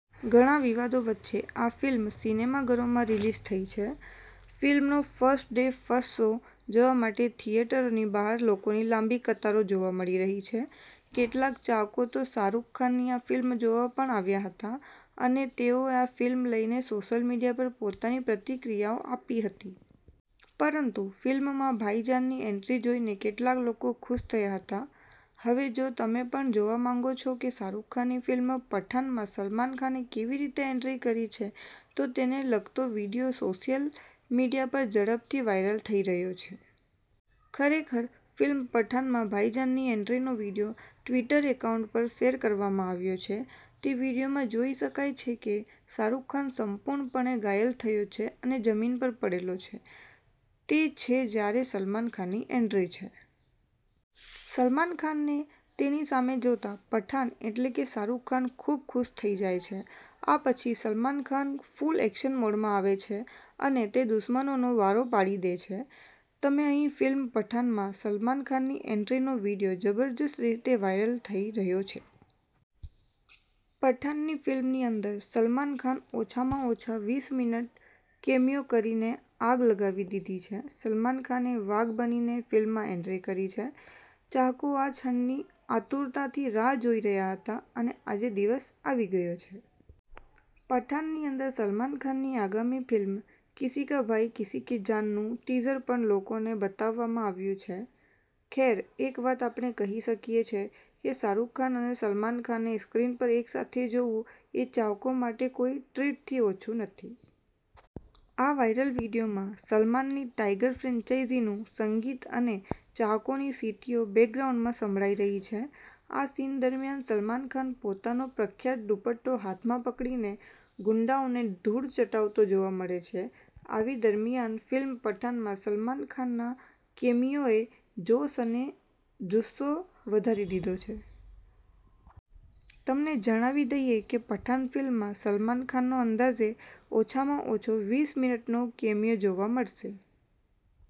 ઘણા વિવાદો વચ્ચે આ ફિલ્મ સિનેમાઘરોમાં રિલીઝ થઈ છે. ફિલ્મનો ફર્સ્ટ ડે ફર્સ્ટ શો જોવા માટે થિયેટરોની બહાર લોકોની લાંબી કતારો જોવા મળી રહી છે. કેટલાક ચાહકો તો શાહરૂખ ખાનની આ ફિલ્મ જોવા પણ આવ્યા હતા અને તેઓએ આ ફિલ્મને લઈને સોશિયલ મીડિયા પર પોતાની પ્રતિક્રિયાઓ આપી હતી. પરંતુ ફિલ્મમાં ભાઈજાનની એન્ટ્રી જોઈને કેટલાક લોકો ખુશ થયા હતા. હવે જો તમે પણ જોવા માંગો છો કે શાહરૂખ ખાનની ફિલ્મ પઠાણમાં સલમાન ખાને કેવી રીતે એન્ટ્રી કરી છે, તો તેને લગતો વીડિયો સોશિયલ મીડિયા પર ઝડપથી વાયરલ થઈ રહ્યો છે. ખરેખર, ફિલ્મ પઠણમાં ભાઇજનની એન્ટ્રીનો વિડિઓ ટ્વિટર એકાઉન્ટ પર શેર કરવામાં આવ્યો છે. તે વિડિઓમાં જોઇ શકાય છે કે શાહરૂખ ખાન સંપૂર્ણપણે ઘાયલ થયો છે અને જમીન પર પડેલો છે. તે છે જ્યારે સલમાન ખાનની એન્ટ્રી છે. સલમાન ખાનને તેની સામે જોતા, પઠાણ એટલે કે શાહરૂખ ખાન ખૂબ ખુશ થઈ જાય છે. આ પછી ,સલમાન ખાન ફૂલ એક્શન મોડમાં આવે છે અને તે દુશ્મનોનો વારો પાડી દે છે. તમે અહીં ફિલ્મ પઠાણમાં સલમાન ખાનની એન્ટ્રીનો વિડીયો જબરદસ્ત રીતે વાયરલ થઇ રહ્યો છે. પઠાણની ફિલ્મની અંદર, સલમાન ખાન ઓછામાં ઓછા વીસ મિનિટ કેમિયો કરીને આગ લગાવી દીધી છે. સલમાન ખાને વાઘ બનીને ફિલ્મમાં એન્ટ્રી કરી છે. ચાહકો આ ક્ષણની આતુરતાથી રાહ જોઈ રહ્યા હતા અને આજે દિવસ આવી ગયો છે. પઠાણની અંદર સલમાન ખાનની આગામી ફિલ્મ કિસી કા ભાઈ કિસી કી જાનનું ટીઝર પણ લોકોને બતાવવામાં આવ્યું છે. ખેર, એક વાત આપણે કહી શકીએ કે શાહરૂખ ખાન અને સલમાન ખાનને સ્ક્રીન પર એકસાથે જોવું એ ચાહકો માટે કોઈ ટ્રીટથી ઓછું નથી. આ વાયરલ વિડીયોમાં સલમાનની ટાઈગર ફ્રેન્ચાઈઝીનું સંગીત અને ચાહકોની સીટીઓ બેકગ્રાઉન્ડમાં સંભળાય રહી છે. આ સીન દરમિયાન સલમાન ખાન પોતાનો પ્રખ્યાત દુપટ્ટો હાથમાં પકડીને ગુંડાઓને ધૂળ ચતાડતો જોવા મળે છે. આવી દરમિયાન ફિલ્મ પઠાનમાં સલમાન ખાનના કેમિયોએ જોશ અને જુસ્સો વધારી દીધો છે. તમને જણાવી દઈએ કે પઠાન ફિલ્મમાં સલમાન ખાનનો અંદાજે ઓછામાં ઓછો વીસ મિનિટનો કેમિયો જોવા મળશે.